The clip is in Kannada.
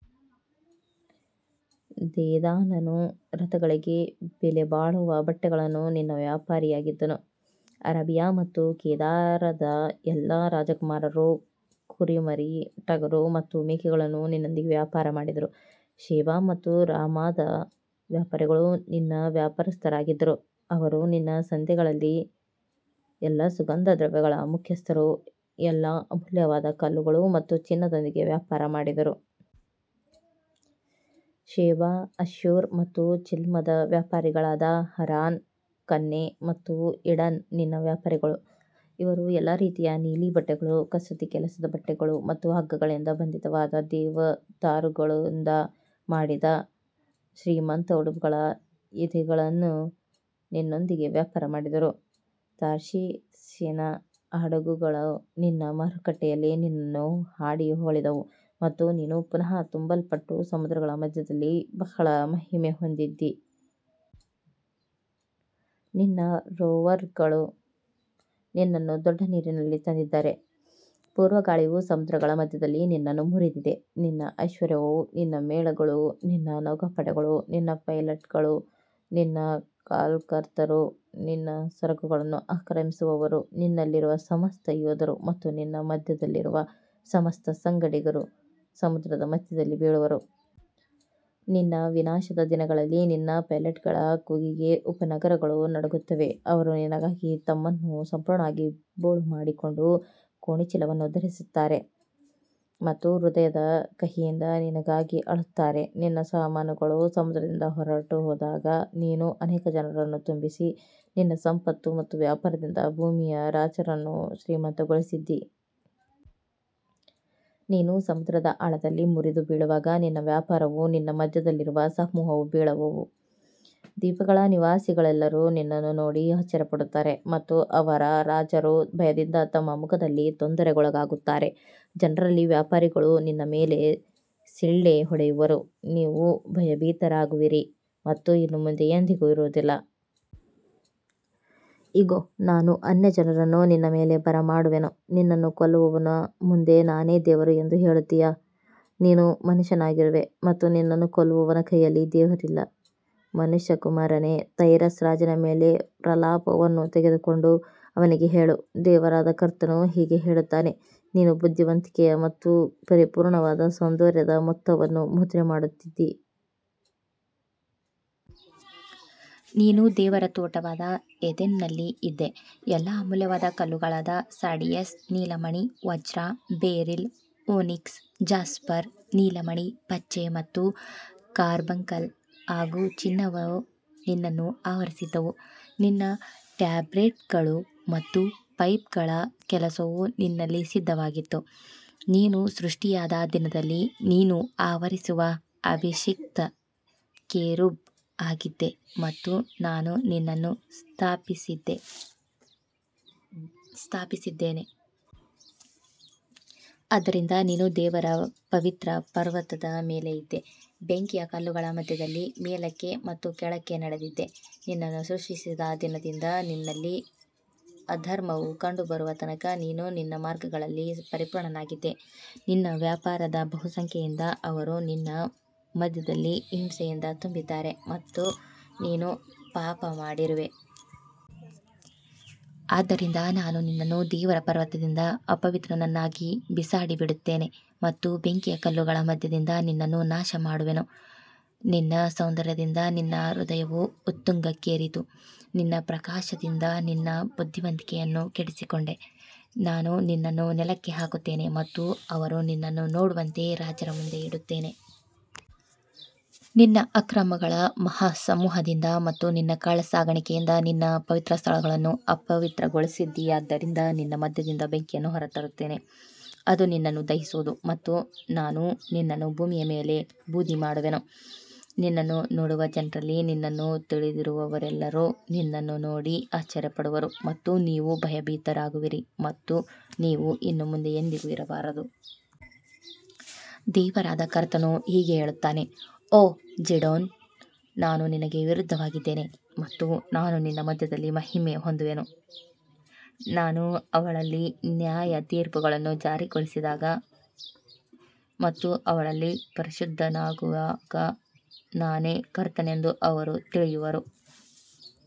ದೇದಾನನು ರಥಗಳಿಗೆ ಬೆಲೆಬಾಳುವ ಬಟ್ಟೆಗಳನ್ನು ನಿನ್ನ ವ್ಯಾಪಾರಿಯಾಗಿದ್ದನು. ಅರೇಬಿಯಾ ಮತ್ತು ಕೇದಾರದ ಎಲ್ಲಾ ರಾಜಕುಮಾರರು ಕುರಿಮರಿ, ಟಗರು ಮತ್ತು ಮೇಕೆಗಳನ್ನು ನಿನ್ನೊಂದಿಗೆ ವ್ಯಾಪಾರ ಮಾಡಿದರು. ಶೆಬಾ ಮತ್ತು ರಾಮಾದ ವ್ಯಾಪಾರಿಗಳು ನಿನ್ನ ವ್ಯಾಪಾರಸ್ಥರಾಗಿದ್ದರು, ಅವರು ನಿನ್ನ ಸಂತೆಗಳಲ್ಲಿ ಎಲ್ಲಾ ಸುಗಂಧ ದ್ರವ್ಯಗಳ ಮುಖ್ಯಸ್ಥರು, ಎಲ್ಲಾ ಅಮೂಲ್ಯವಾದ ಕಲ್ಲುಗಳು ಮತ್ತು ಚಿನ್ನದೊಂದಿಗೆ ವ್ಯಾಪಾರ ಮಾಡಿದರು. ಶೆಬಾ, ಅಶ್ಶೂರ್ ಮತ್ತು ಚಿಲ್ಮದ ವ್ಯಾಪಾರಿಗಳಾದ ಹರಾನ್, ಕನ್ನೆ ಮತ್ತು ಈಡನ್ ನಿನ್ನ ವ್ಯಾಪಾರಿಗಳು. ಇವರು ಎಲ್ಲಾ ರೀತಿಯ ನೀಲಿ ಬಟ್ಟೆಗಳು, ಕಸೂತಿ ಕೆಲಸದ ಬಟ್ಟೆಗಳು ಮತ್ತು ಹಗ್ಗಗಳಿಂದ ಬಂಧಿತವಾದ ದೇವದಾರುಗಳಿಂದ ಮಾಡಿದ ಶ್ರೀಮಂತ ಉಡುಪುಗಳ ಎದೆಗಳನ್ನು ನಿನ್ನೊಂದಿಗೆ ವ್ಯಾಪಾರ ಮಾಡಿದರು. ತಾರ್ಷೀಷಿನ ಹಡಗುಗಳು ನಿನ್ನ ಮಾರುಕಟ್ಟೆಯಲ್ಲಿ ನಿನ್ನನ್ನು ಹಾಡಿ ಹೊಗಳಿದವು ಮತ್ತು ನೀನು ಪುನಃ ತುಂಬಲ್ಪಟ್ಟು ಸಮುದ್ರಗಳ ಮಧ್ಯದಲ್ಲಿ ಬಹಳ ಮಹಿಮೆ ಹೊಂದಿದ್ದೀ. ನಿನ್ನ ರೋವರ್ಗಳು ನಿನ್ನನ್ನು ದೊಡ್ಡ ನೀರಿನಲ್ಲಿ ತಂದಿದ್ದಾರೆ, ಪೂರ್ವ ಗಾಳಿಯು ಸಮುದ್ರಗಳ ಮಧ್ಯದಲ್ಲಿ ನಿನ್ನನ್ನು ಮುರಿದಿದೆ. ನಿನ್ನ ಐಶ್ವರ್ಯವೂ, ನಿನ್ನ ಮೇಳಗಳೂ, ನಿನ್ನ ನೌಕಾಪಡೆಗಳೂ, ನಿನ್ನ ಪೈಲಟ್ಗಳೂ, ನಿನ್ನ ಕಾಲ್ಕರ್ತರೂ, ನಿನ್ನ ಸರಕನ್ನು ಆಕ್ರಮಿಸುವವರೂ, ನಿನ್ನಲ್ಲಿರುವ ಸಮಸ್ತ ಯೋಧರೂ ಮತ್ತು ನಿನ್ನ ಮಧ್ಯದಲ್ಲಿರುವ ಸಮಸ್ತ ಸಂಗಡಿಗರೂ ಸಮುದ್ರದ ಮಧ್ಯದಲ್ಲಿ ಬೀಳುವರು. ನಿನ್ನ ವಿನಾಶದ ದಿನದಲ್ಲಿ ನಿನ್ನ ಪೈಲಟ್ಗಳ ಕೂಗಿಗೆ ಉಪನಗರಗಳು ನಡುಗುತ್ತವೆ. ಅವರು ನಿನಗಾಗಿ ತಮ್ಮನ್ನು ಸಂಪೂರ್ಣವಾಗಿ ಬೋಳು ಮಾಡಿಕೊಂಡು ಗೋಣಿಚೀಲವನ್ನು ಧರಿಸುತ್ತಾರೆ ಮತ್ತು ಹೃದಯದ ಕಹಿಯಿಂದ ನಿನಗಾಗಿ ಅಳುತ್ತಾರೆ. ನಿನ್ನ ಸಾಮಾನುಗಳು ಸಮುದ್ರದಿಂದ ಹೊರಟುಹೋದಾಗ ನೀನು ಅನೇಕ ಜನರನ್ನು ತುಂಬಿಸಿ, ನಿನ್ನ ಸಂಪತ್ತು ಮತ್ತು ವ್ಯಾಪಾರದಿಂದ ಭೂಮಿಯ ರಾಜರನ್ನು ಶ್ರೀಮಂತಗೊಳಿಸಿದ್ದೀ. ನೀನು ಸಮುದ್ರದ ಆಳದಲ್ಲಿ ಮುರಿದು ಬೀಳುವಾಗ ನಿನ್ನ ವ್ಯಾಪಾರವೂ ನಿನ್ನ ಮಧ್ಯದಲ್ಲಿರುವ ಸಮೂಹವೂ ಬೀಳುವವು. ದ್ವೀಪಗಳ ನಿವಾಸಿಗಳೆಲ್ಲರೂ ನಿನ್ನನ್ನು ನೋಡಿ ಆಶ್ಚರ್ಯಪಡುತ್ತಾರೆ ಮತ್ತು ಅವರ ರಾಜರು ಭಯದಿಂದ ತಮ್ಮ ಮುಖದಲ್ಲಿ ತೊಂದರೆಗೊಳಗಾಗುತ್ತಾರೆ. ಜನರಲ್ಲಿ ವ್ಯಾಪಾರಿಗಳು ನಿನ್ನ ಮೇಲೆ ಸಿಳ್ಳೆ ಹೊಡೆಯುವರು, ನೀವು ಭಯಭೀತರಾಗುವಿರಿ ಮತ್ತು ಇನ್ನು ಮುಂದೆ ಎಂದಿಗೂ ಇರುವುದಿಲ್ಲ. ಇಗೋ, ನಾನು ಅನ್ಯಜನರನ್ನು ನಿನ್ನ ಮೇಲೆ ಬರಮಾಡುವೆನು. ನಿನ್ನನ್ನು ಕೊಲ್ಲುವವನ ಮುಂದೆ ನಾನೇ ದೇವರು ಎಂದು ಹೇಳುತ್ತೀಯಾ? ನೀನು ಮನುಷ್ಯನಾಗಿರುವೆ ಮತ್ತು ನಿನ್ನನ್ನು ಕೊಲ್ಲುವವನ ಕೈಯಲ್ಲಿ ದೇವರಿಲ್ಲ. ಮನುಷ್ಯಕುಮಾರನೇ, ತೈರಸ್ ರಾಜನ ಮೇಲೆ ಪ್ರಲಾಪವನ್ನು ತೆಗೆದುಕೊಂಡು ಅವನಿಗೆ ಹೇಳು, ದೇವರಾದ ಕರ್ತನು ಹೀಗೆ ಹೇಳುತ್ತಾನೆ, ನೀನು ಬುದ್ಧಿವಂತಿಕೆಯ ಮತ್ತು ಪರಿಪೂರ್ಣವಾದ ಸೌಂದರ್ಯದ ಮೊತ್ತವನ್ನು ಮುದ್ರೆ ಮಾಡುತ್ತಿದ್ದೀ. ನೀನು ದೇವರ ತೋಟವಾದ ಏದೆನ್ನಲ್ಲಿ ಇದ್ದೆ, ಎಲ್ಲಾ ಅಮೂಲ್ಯವಾದ ಕಲ್ಲುಗಳಾದ ಸಾರ್ಡಿಯಸ್, ನೀಲಮಣಿ, ವಜ್ರ, ಬೆರಿಲ್, ಓನಿಕ್ಸ್, ಜಾಸ್ಪರ್, ನೀಲಮಣಿ, ಪಚ್ಚೆ ಮತ್ತು ಕಾರ್ಬಂಕಲ್ ಹಾಗೂ ಚಿನ್ನವು ನಿನ್ನನ್ನು ಆವರಿಸಿದ್ದವು. ನಿನ್ನ ಟ್ಯಾಬ್ರೆಟ್ಗಳು ಮತ್ತು ಪೈಪ್ಗಳ ಕೆಲಸವು ನಿನ್ನಲ್ಲಿ ಸಿದ್ಧವಾಗಿತ್ತು. ನೀನು ಸೃಷ್ಟಿಯಾದ ದಿನದಲ್ಲಿ ನೀನು ಆವರಿಸುವ ಅಭಿಷಿಕ್ತ ಕೆರೂಬ್ ಆಗಿದ್ದೆ ಮತ್ತು ನಾನು ನಿನ್ನನ್ನು ಸ್ಥಾಪಿಸಿದ್ದೇನೆ. ಆದ್ದರಿಂದ ನೀನು ದೇವರ ಪವಿತ್ರ ಪರ್ವತದ ಮೇಲೆ ಇದ್ದೆ, ಬೆಂಕಿಯ ಕಲ್ಲುಗಳ ಮಧ್ಯದಲ್ಲಿ ಮೇಲಕ್ಕೆ ಮತ್ತು ಕೆಳಕ್ಕೆ ನಡೆದಿದ್ದೆ. ನಿನ್ನನ್ನು ಸೃಷ್ಟಿಸಿದ ದಿನದಿಂದ ನಿನ್ನಲ್ಲಿ ಅಧರ್ಮವು ಕಂಡುಬರುವ ತನಕ ನೀನು ನಿನ್ನ ಮಾರ್ಗಗಳಲ್ಲಿ ಪರಿಪೂರ್ಣನಾಗಿದ್ದೆ. ನಿನ್ನ ವ್ಯಾಪಾರದ ಬಹುಸಂಖ್ಯೆಯಿಂದ ಅವರು ನಿನ್ನ ಮಧ್ಯದಲ್ಲಿ ಹಿಂಸೆಯಿಂದ ತುಂಬಿದ್ದಾರೆ ಮತ್ತು ನೀನು ಪಾಪಮಾಡಿರುವೆ. ಆದ್ದರಿಂದ ನಾನು ನಿನ್ನನ್ನು ದೇವರ ಪರ್ವತದಿಂದ ಅಪವಿತ್ರನನ್ನಾಗಿ ಬಿಸಾಡಿಬಿಡುತ್ತೇನೆ ಮತ್ತು ಬೆಂಕಿಯ ಕಲ್ಲುಗಳ ಮಧ್ಯದಿಂದ ನಿನ್ನನ್ನು ನಾಶಮಾಡುವೆನು. ನಿನ್ನ ಸೌಂದರ್ಯದಿಂದ ನಿನ್ನ ಹೃದಯವು ಉತ್ತುಂಗಕ್ಕೇರಿತು, ನಿನ್ನ ಪ್ರಕಾಶದಿಂದ ನಿನ್ನ ಬುದ್ಧಿವಂತಿಕೆಯನ್ನು ಕೆಡಿಸಿಕೊಂಡೆ. ನಾನು ನಿನ್ನನ್ನು ನೆಲಕ್ಕೆ ಹಾಕುತ್ತೇನೆ ಮತ್ತು ಅವರು ನಿನ್ನನ್ನು ನೋಡುವಂತೆ ರಾಜರ ಮುಂದೆ ಇಡುತ್ತೇನೆ. ನಿನ್ನ ಅಕ್ರಮಗಳ ಮಹಾಸಮೂಹದಿಂದ ಮತ್ತು ನಿನ್ನ ಕಳ್ಳಸಾಗಾಣಿಕೆಯಿಂದ ನಿನ್ನ ಪವಿತ್ರಸ್ಥಳಗಳನ್ನು ಅಪವಿತ್ರಗೊಳಿಸಿದ್ದೀಯಾದ್ದರಿಂದ ನಿನ್ನ ಮಧ್ಯದಿಂದ ಬೆಂಕಿಯನ್ನು ಹೊರತರುತ್ತೇನೆ, ಅದು ನಿನ್ನನ್ನು ದಹಿಸುವುದು ಮತ್ತು ನಾನು ನಿನ್ನನ್ನು ಭೂಮಿಯ ಮೇಲೆ ಬೂದಿಮಾಡುವೆನು. ನಿನ್ನನ್ನು ನೋಡುವ ಜನರಲ್ಲಿ ನಿನ್ನನ್ನು ತಿಳಿದಿರುವವರೆಲ್ಲರೂ ನಿನ್ನನ್ನು ನೋಡಿ ಆಶ್ಚರ್ಯಪಡುವರು ಮತ್ತು ನೀವು ಭಯಭೀತರಾಗುವಿರಿ ಮತ್ತು ನೀವು ಇನ್ನು ಮುಂದೆ ಎಂದಿಗೂ ಇರಬಾರದು. ದೇವರಾದ ಕರ್ತನು ಹೀಗೆ ಹೇಳುತ್ತಾನೆ, ಓ ಝೀಡೋನ್, ನಾನು ನಿನಗೆ ವಿರುದ್ಧವಾಗಿದ್ದೇನೆ ಮತ್ತು ನಾನು ನಿನ್ನ ಮಧ್ಯದಲ್ಲಿ ಮಹಿಮೆ ಹೊಂದುವೆನು. ನಾನು ಅವಳಲ್ಲಿ ನ್ಯಾಯತೀರ್ಪುಗಳನ್ನು ಜಾರಿಗೊಳಿಸಿದಾಗ ಮತ್ತು ಅವಳಲ್ಲಿ ಪರಿಶುದ್ಧನಾಗುವಾಗ ನಾನೇ ಕರ್ತನೆಂದು ಅವರು ತಿಳಿಯುವರು.